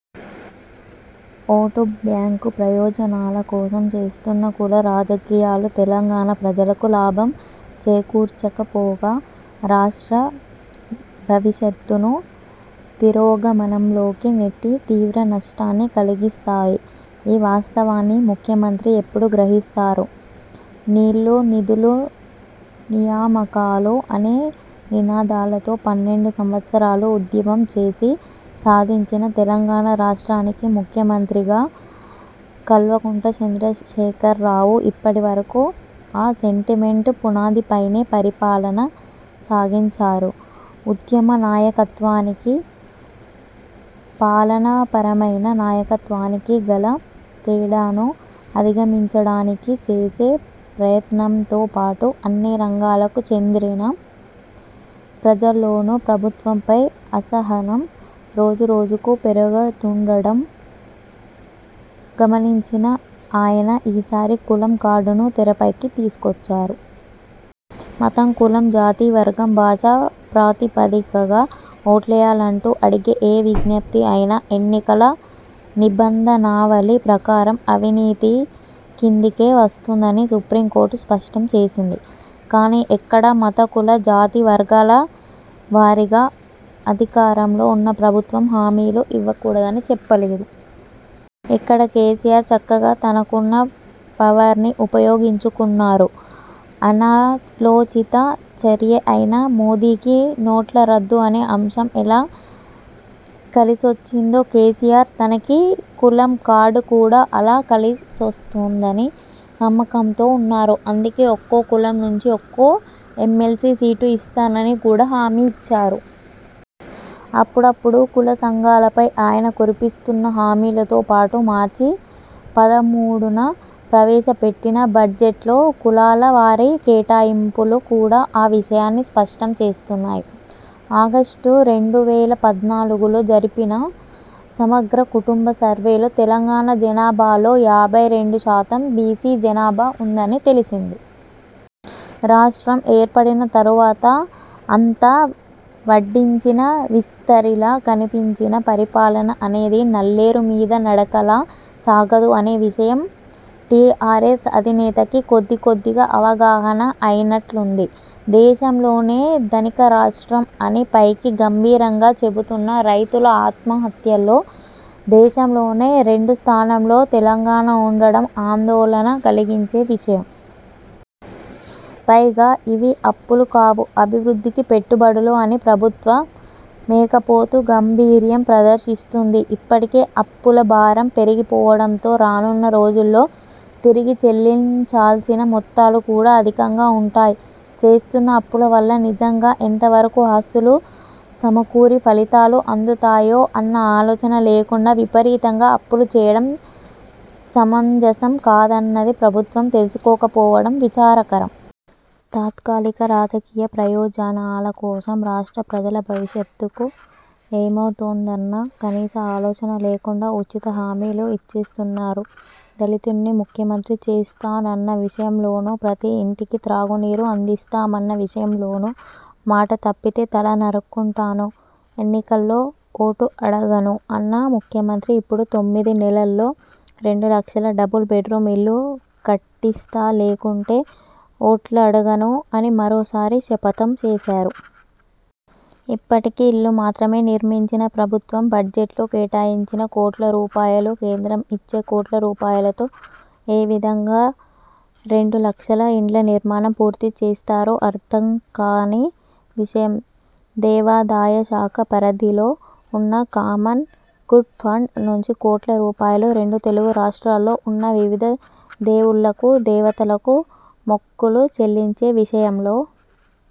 Vote bank ప్రయోజనాల కోసం చేస్తున్న కుల రాజకీయాలు తెలంగాణ ప్రజలకు లాభం చేకూర్చకపోగా రాష్ట్ర భవిష్యత్తును తిరోగమనంలోకి నెట్టి తీవ్ర నష్టాన్ని కలిగిస్తాయి. ఈ వాస్తవాన్ని ముఖ్యమంత్రి ఎప్పుడు గ్రహిస్తారు? నీళ్లు, నిధులు, నియామకాలు అనే నినాదాలతో పన్నెండు సంవత్సరాలు ఉద్యమం చేసి సాధించిన తెలంగాణ రాష్ట్రానికి ముఖ్యమంత్రిగా కల్వకుంట చంద్రశేఖర్ రావు ఇప్పటివరకూ ఆ సెంటిమెంట్ పునాదిపైనే పరిపాలన సాగించారు ఉద్యమ నాయకత్వానికీ పాలనాపరమైన నాయకత్వానికీ గల తేడాను అధిగమించడానికి చేసే ప్రయత్నంతో పాటు, అన్ని రంగాలకు చెందిన ప్రజల్లోనూ ప్రభుత్వంపై అసహనం రోజురోజుకూ పెరుగుతుండడం గమనించిన ఆయన ఈసారి కులం కార్డును తెరపైకి తీసుకొచ్చారు. మతం, కులం, జాతి, వర్గం, భాష ప్రాతిపదికగా ఓట్లేయాలంటూ అడిగే ఏ విజ్ఞప్తి అయినా ఎన్నికల నిబంధనావళి ప్రకారం అవినీతి కిందికే వస్తుందని సుప్రీంకోర్టు స్పష్టం చేసింది. కానీ ఎక్కడా మత, కుల, జాతి, వర్గాల వారీగా అధికారంలో ఉన్న ప్రభుత్వం హామీలు ఇవ్వకూడదని చెప్పలేదు. ఇక్కడే కేసీఆర్ చక్కగా తనకున్న పవర్ని ఉపయోగించుకున్నారు. అనాలోచిత చర్యే అయినా మోదీకి నోట్ల రద్దు అనే అంశం ఎలా కలిసొచ్చిందో కేసీఆర్ తనకి కులంకార్డు కూడా అలా కలిసొస్తుందని నమ్మకంతో ఉన్నారు. అందుకే ఒక్కో కులం నుంచి ఒక్కో ఎమ్మెల్సీ సీటు ఇస్తానని కూడా హామీ ఇచ్చారు. అప్పుడప్పుడూ కుల సంఘాలపై ఆయన కురిపిస్తున్న హామీలతో పాటు మార్చి పదమూడున ప్రవేశపెట్టిన బడ్జెట్లో కులాల వారీ కేటాయింపులు కూడా ఆ విషయాన్ని స్పష్టం చేస్తున్నాయి. ఆగస్టు రెండు వేల పద్నాలుగులో జరిపిన సమగ్ర కుటుంబ సర్వేలో తెలంగాణ జనాభాలో యాభై రెండు శాతం బీసీ జనాభా ఉందని తెలిసింది. రాష్ట్రం ఏర్పడిన తరువాత అంతా వడ్డించిన విస్తరిలా కనిపించినా పరిపాలన అనేది నల్లేరు మీద నడకలా సాగదు అనే విషయం టీఆర్ఎస్ అధినేతకి కొద్దికొద్దిగా అవగాహన అయినట్లుంది. దేశంలోనే ధనిక రాష్ట్రం అని పైకి గంభీరంగా చెపుతున్నా రైతుల ఆత్మహత్యల్లో దేశంలోనే రెండు స్థానంలో తెలంగాణ ఉండడం ఆందోళన కలిగించే విషయం. పైగా ఇవి అప్పులు కావు, అభివృద్ధికి పెట్టుబడులు అని ప్రభుత్వం మేకపోతు గాంభీర్యం ప్రదర్శిస్తుంది. ఇప్పటికే అప్పులభారం పెరిగిపోవడంతో రానున్న రోజుల్లో తిరిగి చెల్లించాల్సిన మొత్తాలు కూడా అధికంగా ఉంటాయి. చేస్తున్న అప్పుల వల్ల నిజంగా ఎంతవరకూ ఆస్తులు సమకూరి, ఫలితాలు అందుతాయో అన్న ఆలోచన లేకుండా విపరీతంగా అప్పులు చేయడం సమంజసం కాదన్నది ప్రభుత్వం తెలుసుకోకపోవడం విచారకరం. తాత్కాలిక రాజకీయ ప్రయోజనాల కోసం రాష్ట్ర ప్రజల భవిష్యక్తు ఏమవుతోందన్న కనీస ఆలోచన లేకుండా ఉచిత హామీలు ఇచ్చేస్తున్నారు. దళితుణ్ణి ముఖ్య మంత్రి చేస్తానన్న విషయంలోనూ, ప్రతీ ఇంటికి త్రాగునీరు అందిస్తామన్న విషయంలోనూ మాట తప్పితే తల నరుక్కుంటాను, ఎన్నికల్లో ఓటు అడగను అన్న ముఖ్యమంత్రి ఇప్పుడు తొమ్మిది నెలల్లో రెండు లక్షల డబుల్ బెడ్రూమ్ ఇళ్లు కట్టిస్తాలేకుంటే ఓట్లడగను అని మరోసారి శపథం చేసారు. ఇప్పటికి ఇళ్లు మాత్రమే నిర్మించిన ప్రభుత్వం బడ్జెట్లో కేటాయించిన కోట్లు రూపాయలు, కేంద్రం ఇచ్చే కోట్ల రూపాయలతో ఏవిధంగా రెండు లక్షల ఇండ్ల నిర్మాణం పూర్తిచేస్తారో అర్ధం కాని విషయం. దేవాదాయ శాఖ పరిధిలో ఉన్న కామన్ గుడ్ ఫండ్ నుంచి కోట్ల రూపాయలు రెండు తెలుగు రాష్ట్రాల్లో ఉన్న వివిధ దేవుళ్ళకు, దేవతలకు మొక్కులు చెల్లించే విషయంలో